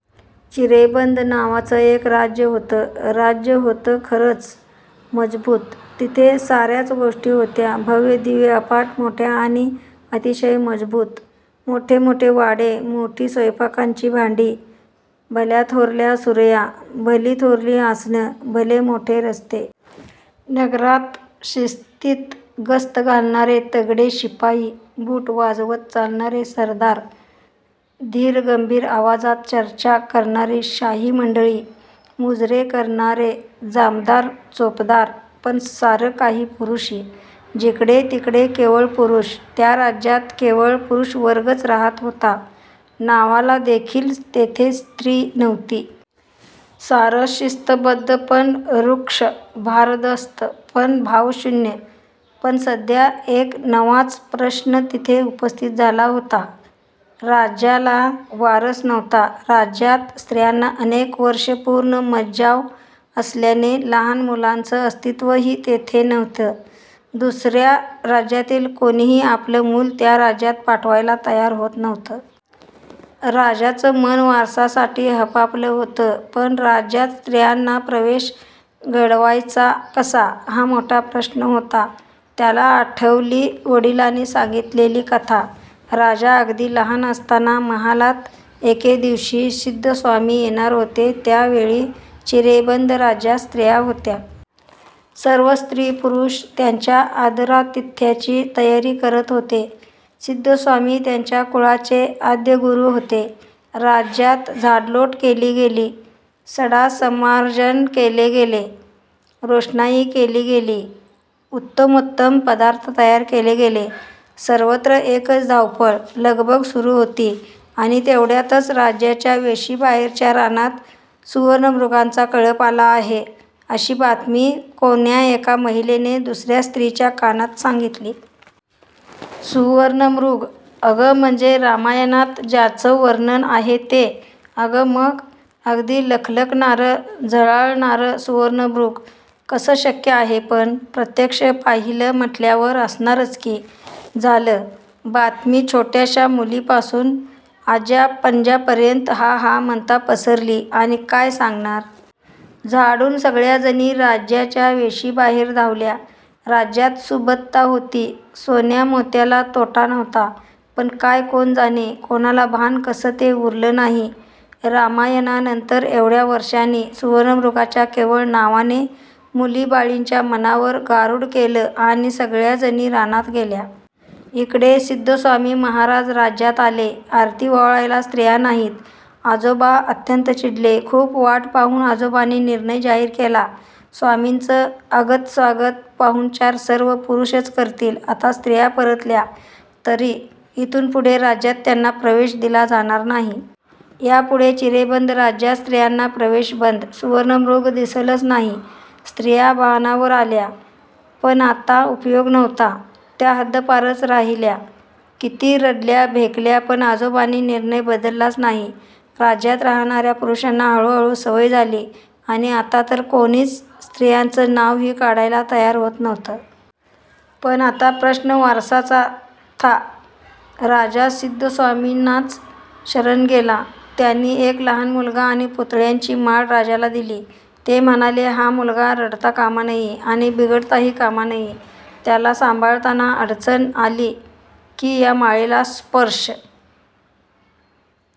चिरेबंद नावाचं एक राज्य होतं. राज्य होतं खरंच मजबूत. तिथे साऱ्याच गोष्टी होत्या भव्य, दिव्य, अफाट मोठ्या आणि अतिशय मजबूत. मोठे मोठे वाडे, मोठी स्वयंपाकाची भांडी, भल्याथोरल्या सुरया, भलीथोरली आसनं. भले मोठे रस्ते. नगरात शिस्तीत गस्त घालणारे तगडे शिपाई, बूट वाजवत चालणारे सरदार, धीरगंभीर आवाजात चर्चा करणारी शाही मंडळी, मुजरे करणारे जामदार-चोपदार. पण सारं काही पुरुषी. जिकडेतिकडे केवळ पुरुष. त्या राज्यात केवळ पुरुषवर्गच राहत होता. नावालादेखील तिथे स्त्री नव्हती. सारं शिस्तबद्ध पण रुक्ष; भारदस्त पण भावशून्य. पण सध्या एक नवाच प्रश्न तिथे उपस्थित झाला होता. राज्याला वारस नव्हता. राज्यात स्त्रियांना अनेक वर्षं पूर्ण मज्जाव असल्याने लहान मुलांचं अस्तित्वही तिथे नव्हतं. दुसऱ्या राज्यातील कोणीही आपलं मूल त्या राज्यात पाठवायला तयार होत नव्हतं. राजाचं मन वारसासाठी हपापलं होतं. पण राज्यात स्त्रियांना प्रवेश घडवायचा कसा, हा मोठा प्रश्न होता. त्याला आठवली वडिलांनी सांगितलेली कथा. राजा अगदी लहान असताना महालात एके दिवशी सिद्धस्वामी येणार होते. त्या वेळी चिरेबंद राज्यात स्त्रिया होत्या. सर्व स्त्री-पुरुष त्यांच्या आदरातिथ्याची तयारी करीत होते. सिद्धस्वामी त्यांच्या कुळाचे आद्यगुरू होते. राज्यात झाडलोट केली गेली. सडासंमार्जन केले गेले. रोषणाई केली गेली. उत्तमोत्तम पदार्थ तयार केले गेले. सर्वत्र एकच धावपळ, लगबग सुरू होती आणि तेवढ्यातच राज्याच्या वेशीबाहेरच्या रानात सुवर्णमृगांचा कळप आला आहे, अशी बातमी कोण्या एका महिलेने दुसऱ्या स्त्रीच्या कानात सांगितली. 'सुवर्णमृग? अगं म्हणजे रामायणात ज्याचं वर्णन आहे ते? अगं मग? अगदी लखलखणारं, झळाळणारं सुवर्णमृग? कसं शक्य आहे पण? प्रत्यक्ष पाहिलं म्हटल्यावर असणारच की.' झालं बातमी छोट्याशा मुलीपासून आज्या-पणज्यांपर्यंत हा-हा म्हणता पसरली आणि काय सांगणार? झाडून सगळ्याजणी राज्याच्या वेशीबाहेर धावल्या. राज्यात सुबत्ता होती, सोन्यामोत्याला तोटा नव्हता. पण काय कोण जाणे, कोणाला भान कसं ते उरलं नाही. रामायणानंतर एवढ्या वर्षांनी सुवर्णमृगाच्या केवळ नावाने मुलीबाळींच्या मनावर गारुड केलं आणि सगळ्याजणी रानात गेल्या. इकडे सिद्धस्वामी महाराज राज्यात आले. आरती ओवाळायला स्त्रिया नाहीत. आजोबा अत्यंत चिडले. खूप वाट पाहून आजोबांनी निर्णय जाहीर केला- 'स्वामींचं आगतस्वागत पाहुणचार सर्व पुरुषच करतील. आता स्त्रिया परतल्या, तरी इथून पुढे राज्यात त्यांना प्रवेश दिला जाणार नाही. यापुढे चिरेबंद राज्यात स्त्रियांना प्रवेश बंद.' सुवर्णमृग दिसलंच नाही. स्त्रिया भानावर आल्या. पण आता उपयोग नव्हता. त्या हद्दपारच राहिल्या. किती रडल्या भेकल्या, पण आजोबांनी निर्णय बदललाच नाही. राज्यात राहणाऱ्या पुरुषांना हळूहळू सवय झाली आणि आता तर कोणीच स्त्रियांचं नावही काढायला तयार होत नव्हतं. पण आता प्रश्न वारसाचा था. राजा सिद्धस्वामींनाच शरण गेला. त्यांनी एक लहान मुलगा आणि पुतळ्यांची माळ राजाला दिली. ते म्हणाले, 'हा मुलगा रडता कामा नये आणि बिघडताही कामा नये. त्याला सांभाळताना अडचण आली की या माळेला स्पर्श